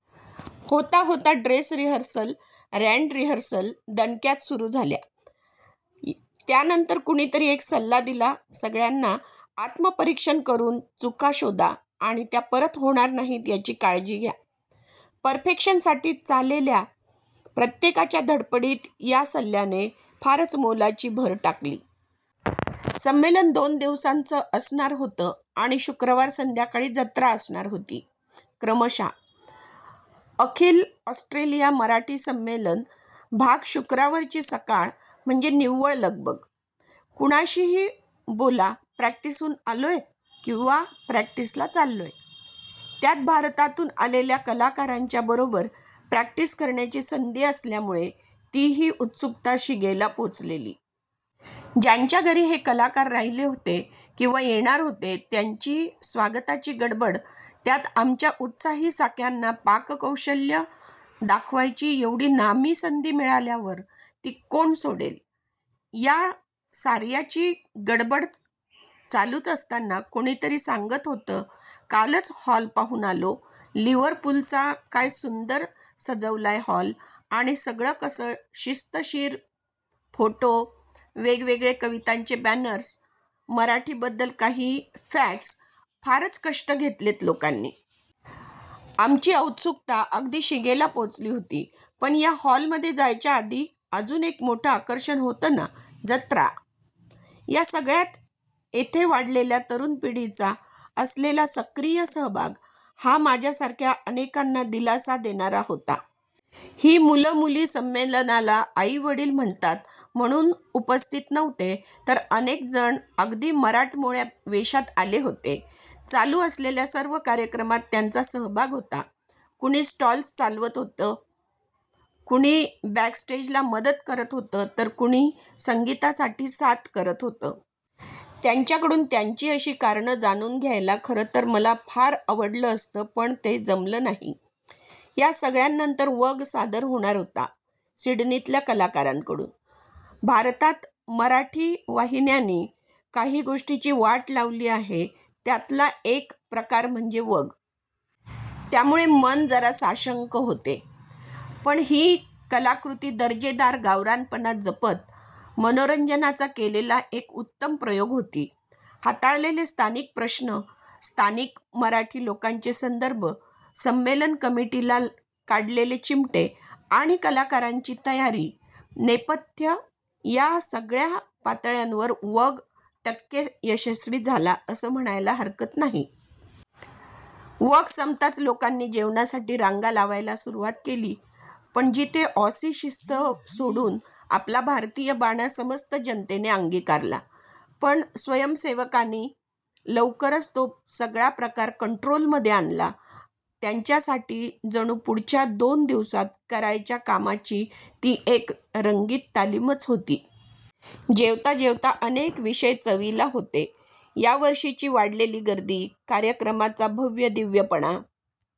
होता होता dress rehearsal grand rehearsal दणक्यात सुरू झाल्या. त्यानंतर कुणीतरी एक सल्ला दिला सगळ्याना आत्म्परीक्षण करून चुका शोधा आणि त्या परत होणार नाहीत याची काळजी घ्या. पर्फेक्षन साठी चालेल्या प्रत्येकाच्या धडपडीत या सल्ल्याने फारच मोलाची भर टाकली. संमेलन दोन दिवसांच असणार होत आणि शुक्रवार संध्याकाळी जत्रा असणार होती. -क्रमशःअखिल ऑस्ट्रेलिया मराठी संमेलन भाग शुक्रावरची सकाळ म्हणजे निव्वळ लगबग. कुणाशी ही बोलाप्रॅक्टीस हून आलोय किंवा प्रॅक्टीस ला चाललोय. त्यात भारतातून आलेल्या कलाकारांच्या बरोबर प्रॅक्टीस करण्याची संधी असल्यामुळे ती ही उत्सुकता शिगेला पोचलेली. ज्यांच्या घरी हे कलाकार राहीले होते किंवा येणार होते त्यांची स्वागताची गडबड त्यात आमच्या उत्साही साख्याना पाककौशल्य दाखवायची एवढी नामी संधी मिळाल्यावर ती कोण सोडेल. या सार्याची गडबड चालूच असताना कोणीतरी सांगत होत कालच हॉल पाहून आलो लिवरपूल चा काय सूंदर सजवलाय हॉल आणि सगळ कस शिस्त-शीर फोटो, वेगवेगळे कवितांचे बॅनर्स, मराठी बद्दल काही फॅक्ट्स फरच कष्ट घेतलेत लोकांनी. आमची औत्सुकता अगदी शिगेला पोचली होती पण या हॉल मधे जायच्या आधी अजुन एक मोठ आकर्षण होत ना जत्रा!!! या सगळ्यात एथे वाढलेल्या तरुण पिढीचा असलेला सक्रिय सहभाग हा माझ्यासारख्या अनेकाना दिलासा देणारा होता. ही मूल-मुली संमेलनाला आई वडील म्हणतात म्हणून उपस्थित नव्हते तर अनेक जण अगदी मराठमोळ्या वेषात आले होते. चालू असलेल्या सर्व कार्यक्रमात त्यांचा सहभाग होता. कुणी स्टॉल्स चालवत होत, कुणी बॅक-स्टेज ला मदत करत होत तर कुणी संगीता साठी साथ करत होत. त्यांच्याकडून त्यांची अशी कारण जाणून घ्यायला खरतर मला फार आवडल असत पण ते जमल नाही. या सगळ्या नंतर "वग" सादर होणार होता सिड्नीतल्या कलाकरांकडून. भारतात मराठी वाहिन्यानि काही गोष्टींची वाट लावली आहे त्यातला एक प्रकार म्हणजे "वग". त्यामुळे मन जरा साशंक होते. पण ही कलाकृती दर्जेदार गवरानपणा जपत, मनोरंजनाचा केलेला एक उत्तम प्रयोग होती. हाताळलेले स्थानिक प्रश्न, स्थानिक मराठी लोकांचे संदर्भ, संमेलन कमिटी ला काढलेले चिमटे, आणि कलाकारांची तयारी, नेपथ्य या सगळ्या पातळ्यांवर "वग" टक्के यशस्वी झाला अस म्हणायला हरकत नाही. वग संपताच लोकानि जेवणासाठी रांगा लावायला सुरूवात केली पण तिथे ऑसी शिस्त सोडून आपला भारतीय बाणा समस्त जनतेने अंगिकारला. पण स्वयंसेवकानी लवकरच तो सगळा प्रकार कंट्रोल मधे आणला त्यांच्या साठी जणू पुढच्या दोन दिवसात करायच्या कामाची ती एक रंगीत तालीमच होती. जेवता जेवता अनेक विषय चवीला होते यावर्षीची वाढलेली गर्दी, कार्यक्रमाचा भव्यदिव्य पणा